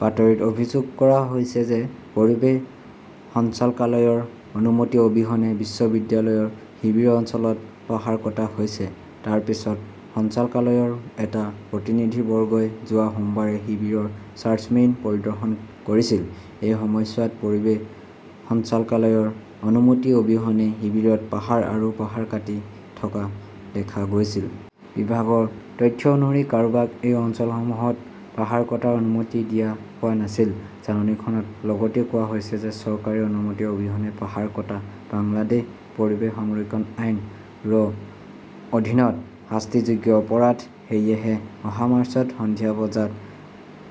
বাতৰিত অভিযোগ কৰা হৈছে যে, পৰিৱেশ সঞ্চালকালয়ৰ অনুমতি অবিহনে বিশ্ববিদ্যালয়ৰ শিবিৰ অঞ্চলত পাহাৰ কটা হৈছে। তাৰ পিছত সঞ্চালকালয়ৰ এটা প্ৰতিনিধিবৰ্গই যোৱা সোমবাৰে শিবিৰৰ চাৰ্জমেইন পৰিদৰ্শন কৰিছিল। এই সময়ছোৱাত পৰিৱেশ সঞ্চালকালয়ৰ অনুমতি অবিহনে শিবিৰত পাহাৰ আৰু পাহাৰ কাটি থকা দেখা গৈছিল। বিভাগৰ তথ্য অনুসৰি, কাৰোবাক এই অঞ্চলসমূহত পাহাৰ কটাৰ অনুমতি দিয়া হোৱা নাছিল। জাননীখনত লগতে কোৱা হৈছে যে চৰকাৰী অনুমতি অবিহনে পাহাৰ কটা বাংলাদেশ পৰিৱেশ সংৰক্ষণ আইনৰ অধীনত শাস্তিযোগ্য অপৰাধ। সেয়েহে অহা মাৰ্চত সন্ধিয়া বজাত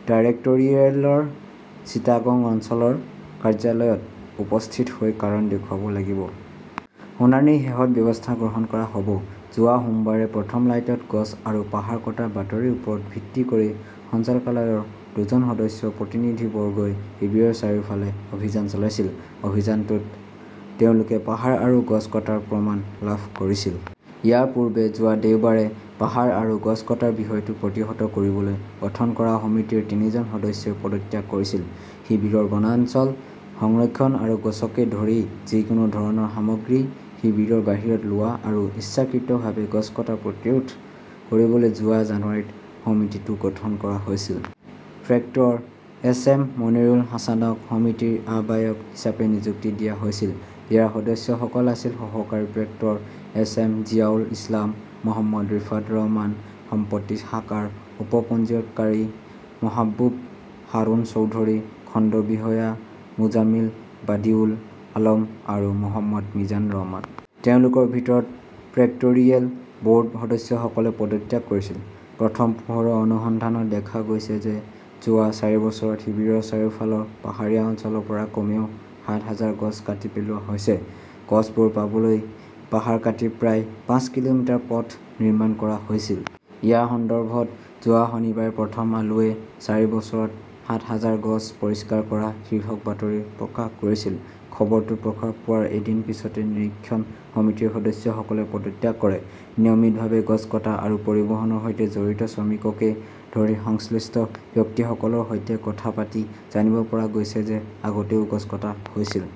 ডাইৰেক্টৰিয়েলৰ চিটাগং অঞ্চলৰ কাৰ্যালয়ত উপস্থিত হৈ কাৰণ দেখুৱাব লাগিব। শুনানিৰ শেষত ব্যৱস্থা গ্ৰহণ কৰা হ 'ব। যোৱা সোমবাৰে প্ৰথম লাইটত গছ আৰু পাহাৰ কটাৰ বাতৰিৰ ওপৰত ভিত্তি কৰি সঞ্চালকালয়ৰ দুজন সদস্যৰ প্ৰতিনিধিবৰ্গই শিবিৰৰ চাৰিওফালে অভিযান চলাইছিল। অভিযানটোত তেওঁলোকে পাহাৰ আৰু গছ কটাৰ প্ৰমাণ লাভ কৰিছিল। ইয়াৰ পূৰ্বে যোৱা দেওবাৰে পাহাৰ আৰু গছ কটাৰ বিষয়টো প্ৰতিহত কৰিবলৈ গঠন কৰা সমিতিৰ তিনিজন সদস্যই পদত্যাগ কৰিছিল। শিবিৰৰ বনাঞ্চল সংৰক্ষণ আৰু গছকে ধৰি যিকোনো ধৰণৰ সামগ্ৰী শিবিৰৰ বাহিৰত লোৱা আৰু ইচ্ছাকৃতভাৱে গছ কটা প্ৰতিৰোধ কৰিবলৈ যোৱা জানুৱাৰীত সমিতিটো গঠন কৰা হৈছিল। Proctor S. এম. মনিৰুল হাছানক সমিতিৰ আহ্বায়ক হিচাপে নিযুক্তি দিয়া হৈছিল। ইয়াৰ সদস্যসকল আছিল সহকাৰী proctor S M Ziaul Islam, Mohammad Rifat Rahman, সম্পত্তি শাখাৰ উপ পঞ্জীয়নকাৰী মহাবুব হাৰুন চৌধুৰী, খণ্ড বিষয়া মোজামিল বাডিউল আলম আৰু মহম্মদ মিজান ৰহমান। তেওঁলোকৰ ভিতৰত প্ৰেক্টৰিয়েল ব'ৰ্ড সদস্যসকলে পদত্যাগ কৰিছিল। প্ৰথম পোহৰৰ অনুসন্ধানত দেখা গৈছে যে যোৱা চাৰি বছৰত শিবিৰৰ চাৰিওফালৰ পাহাৰীয়া অঞ্চলৰ পৰা কমেও সাত হাজাৰ গছ কাটি পেলোৱা হৈছে। গছবোৰ পাবলৈ পাহাৰ কাটি প্ৰায় পাঁচ কিলোমিটাৰ পথ নিৰ্মাণ কৰা হৈছিল। ইয়াৰ সন্দৰ্ভত যোৱা শনিবাৰে প্ৰথম আলোৱে 'চাৰি বছৰত সাত হাজাৰ গছ পৰিষ্কাৰ কৰা' শীৰ্ষক বাতৰি প্ৰকাশ কৰিছিল। খবৰটো প্ৰকাশ পোৱাৰ এদিন পিছতে নিৰীক্ষণ সমিতিৰ সদস্যসকলে পদত্যাগ কৰে। নিয়মিতভাৱে গছ কটা আৰু পৰিবহণৰ সৈতে জড়িত শ্ৰমিককে ধৰি সংশ্লিষ্ট ব্যক্তিসকলৰ সৈতে কথা পাতি জানিব পৰা গৈছে যে আগতেও গছ কটা হৈছিল।